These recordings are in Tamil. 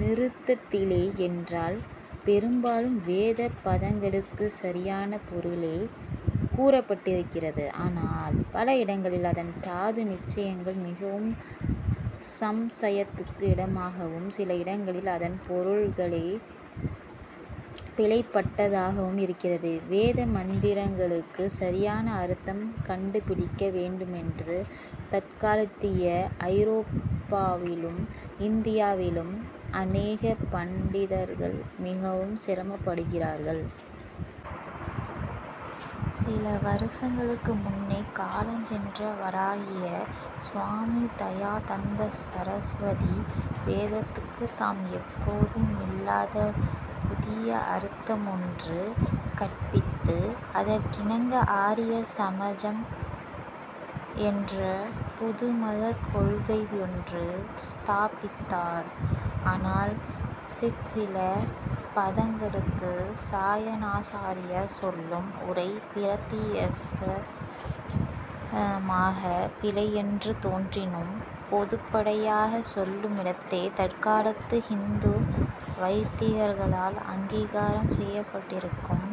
நிருத்தத்திலே என்றால் பெரும்பாலும் வேதப் பதங்களுக்குச் சரியான பொருளே கூறப்பட்டிருக்கிறது. ஆனால், பல இடங்களில் அதன் தாது நிச்சயங்கள் மிகவும் சம்சயத்துக்கு இடமாகவும் சில இடங்களில் அதன் பொருள்களே பிழைபட்டதாகவும் இருக்கிறது. வேத மந்திரங்களுக்குச் சரியான அர்த்தம் கண்டுபிடிக்க வேண்டுமென்று தற்காலத்திய ஐரோப்பாவிலும் இந்தியாவிலும் அநேக பண்டிதர்கள் மிகவும் சிரமப்படுகிறார்கள். சில வருஷங்களுக்கு முன்னே காலஞ்சென்ற வராகிய சுவாமி தயாநந்த சரஸ்வதி வேதத்துக்கு தாம் எப்போதுமில்லாத புதிய அர்த்தமொன்று கற்பித்து அதற்கிணங்க ஆரிய சமஜம்' என்ற புது மதக் கொள்கையொன்று ஸ்தாபித்தார். ஆனால், சிற்சில பதங்களுக்கு சாயணாசாரியர் சொல்லும் உரை பிரத்தியக்ஷமாகப் பிழையென்று தோன்றினும், பொதுப்படையாகச் சொல்லுமிடத்தே தற்காலத்து ஹிந்து வைதிகர்களால் அங்கீகாரம் செய்யப்பட்டிருக்கும்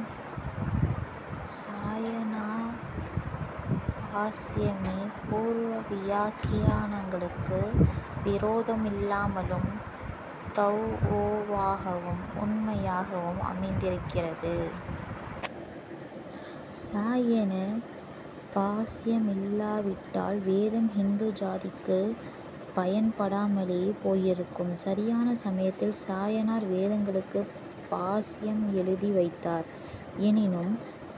சாயணபாஷ்யமே பூர்வ வியாக்கியானங்களுக்கு விரோதமில்லாமலும், தௌஒவாகவும், உண்மையாகவும் அமைந்திருக்கிறது. சாயண பாஷ்யமில்லாவிட்டால், வேதம் ஹிந்து ஜாதிக்குப் பயன்படாமலே போயிருக்கும். சரியான சமயத்தில் சாயணர் வேதங்களுக்கு பாஷ்யம் எழுதி வைத்தார். எனினும்,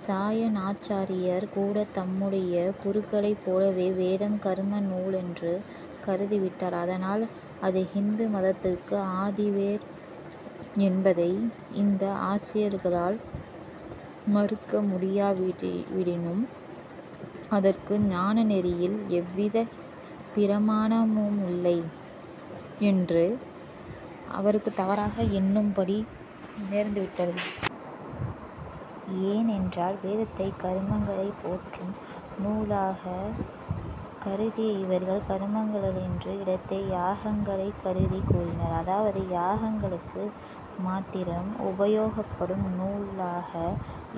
சாயணாச்சாரியர் கூடத் தம்முடைய குருக்களைப் போலவே வேதம் கர்ம நூலென்று கருதிவிட்டார். அதனால் அது ஹிந்து மதத்துக்கு ஆதிவேர் என்பதை இந்த ஆசாரியர்களால் மறுக்க முடியாவிடினும், அதற்கு ஞானநெறியில் எவ்விதப் பிரமாணமுமில்லை யென்று அவர்கள் தவறாக எண்ணும்படி நேர்ந்து விட்டது. ஏனென்றால், வேதத்தைக் கர்மங்களைப் போற்றும் நூலாகக் கருதிய இவர்கள் கர்மங்களென்ற இடத்தே யாகங்களைக் கருதிக் கூறினர். அதாவது, யாகங்களுக்கு மாத்திரம் உபயோகப்படும் நூலாக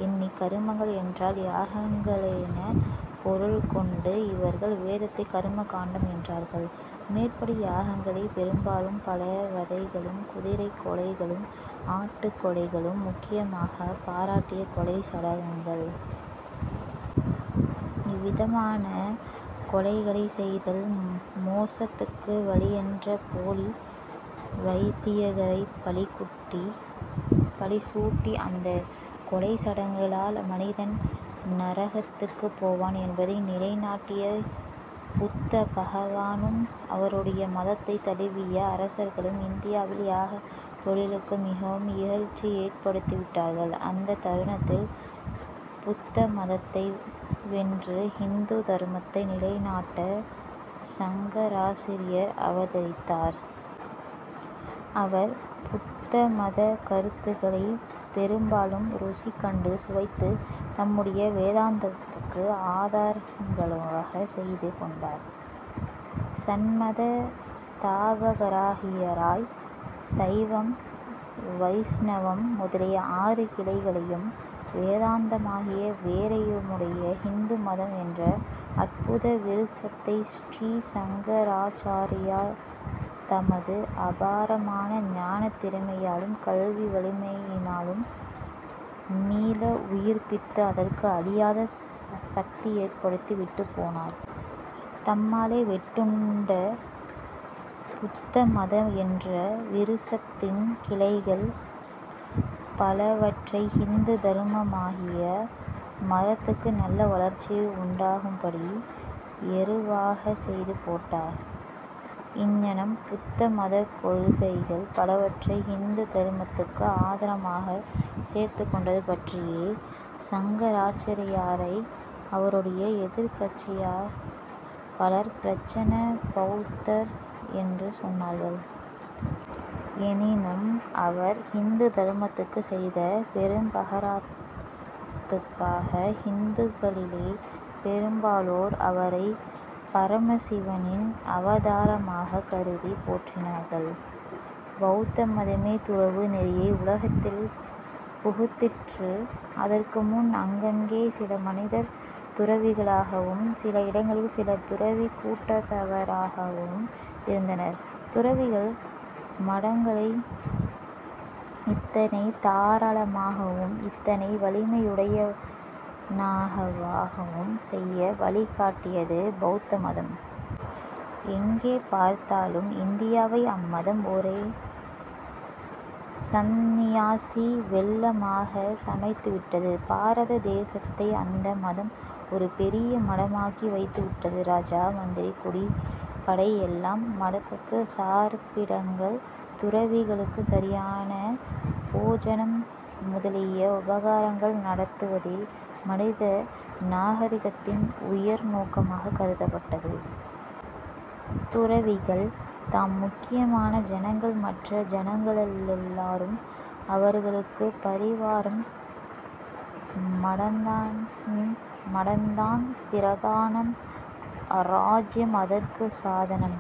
எண்ணி, கர்மங்கள் என்றால் யாகங்களெனப் பொருள் கொண்டு இவர்கள் வேதத்தைக் கர்ம காண்டம் என்றார்கள். மேற்படி யாகங்களே பெரும்பாலும் பல வதைகளும், குதிரைக் கொலைகளும், ஆட்டுக் கொலைகளும் முக்கியமாகப் பாராட்டிய கொலைச் சடங்குகள். இவ்விதமான கொலைகளைச் செய்தல் மோக்ஷத்துக்கு வழியென்ற போலி வைதிகரைப் பழிசூட்டி, அந்தக் கொலைச் சடங்குளால் மனிதன் நரகத்துக்குப் போவான் என்பதை நிலை நாட்டிய புத்த பகவானும், அவருடைய மதத்தைத் தழுவிய அரசர்களும் இந்தியாவில் யாகத் தொழிலுக்கு மிகவும் இகழ்ச்சி ஏற்படுத்திவிட்டார்கள். அந்தத் தருணத்தில் புத்த மதத்தை வென்று ஹிந்து தர்மத்தை நிலை நாட்ட சங்கராசிரியர் அவதரித்தார். அவர் புத்தமதக் கருத்துக்களைப் பெரும்பாலும் ருசி கண்டு சுவைத்துத் தம்முடைய வேதாந்தத்துக்கு ஆதாரங்களாகச் செய்து கொண்டார். ஷண்மத ஸ்தாபகராகியராய், சைவம், வைஷ்ணவம் முதலிய ஆறு கிளைகளையும் வேதாந்தமாகிய வேரையுமுடைய ஹிந்து மதம் என்ற அற்புத விருட்சத்தை ஸ்ரீ சங்கராச்சாரியார் தமது அபாரமான ஞானத் திறமையாலும் கல்வி வலிமையினாலும் மீள உயிர்ப்பித்து அதற்கு அழியாத சக்தி ஏற்படுத்தி விட்டுப் போனார். தம்மாலே வெட்டுண்ட புத்த மதம் என்ற விருக்ஷத்தின் கிளைகள் பலவற்றை ஹிந்து தர்மமாகிய மரத்துக்கு நல்ல வளர்ச்சி உண்டாகும்படி எருவாகச் செய்து போட்டார். இங்ஙனம் புத்த மதக் கொள்கைகள் பலவற்றை ஹிந்து தர்மத்துக்கு ஆதரமாகச் சேர்த்துக்கொண்டது பற்றியே, சங்கராச்சாரியாரை அவருடைய எதிர்க்கட்சியார் பலர் 'பிரசன்ன பௌத்தர்' என்று சொன்னார்கள். எனினும் அவர் ஹிந்து தர்மத்துக்குச் செய்த பேருபகாரத்துக்காக ஹிந்துக்களிலே பெரும்பாலோர் அவரைப் பரமசிவனின் அவதாரமாகக் கருதிப் போற்றினார்கள். பௌத்த மதமே துறவு நெறியை உலகத்தில் புகுத்திற்று. அதற்கு முன் அங்கங்கே சில மனிதர் துறவிகளாகவும் சில இடங்களில் சிலர் துறவிக் கூட்டத்தவராகவும் இருந்தனர். துறவிகள் மடங்களை இத்தனை தாராளமாகவும் இத்தனை வலிமையுடையனவாகவும் செய்ய வழி காட்டியது பௌத்த மதம். எங்கே பார்த்தாலும் இந்தியாவை அம்மதம் ஒரே சந்நியாசி வெள்ளமாகச் சமைத்துவிட்டது. பாரத தேசத்தை அந்த மதம் ஒரு பெரிய மடமாக்கி வைத்துவிட்டது. ராஜா, மந்திரி, குடி, படை எல்லாம் மடத்துக்குச் சார்பிடங்கள். துறவிகளுக்குச் சரியான போஜனம் முதலிய உபகாரங்கள் நடத்துவதே மனித நாகரிகத்தின் உயர் நோக்கமாக கருதப்பட்டது. துறவிகள் தாம் முக்கியமான ஜனங்கள்! மற்ற ஜனங்களெல்லாரும் அவர்களுக்குப் பரிவாரம்! மடந்தான் பிரதானம். ராஜ்யம் அதற்குச் சாதனம்.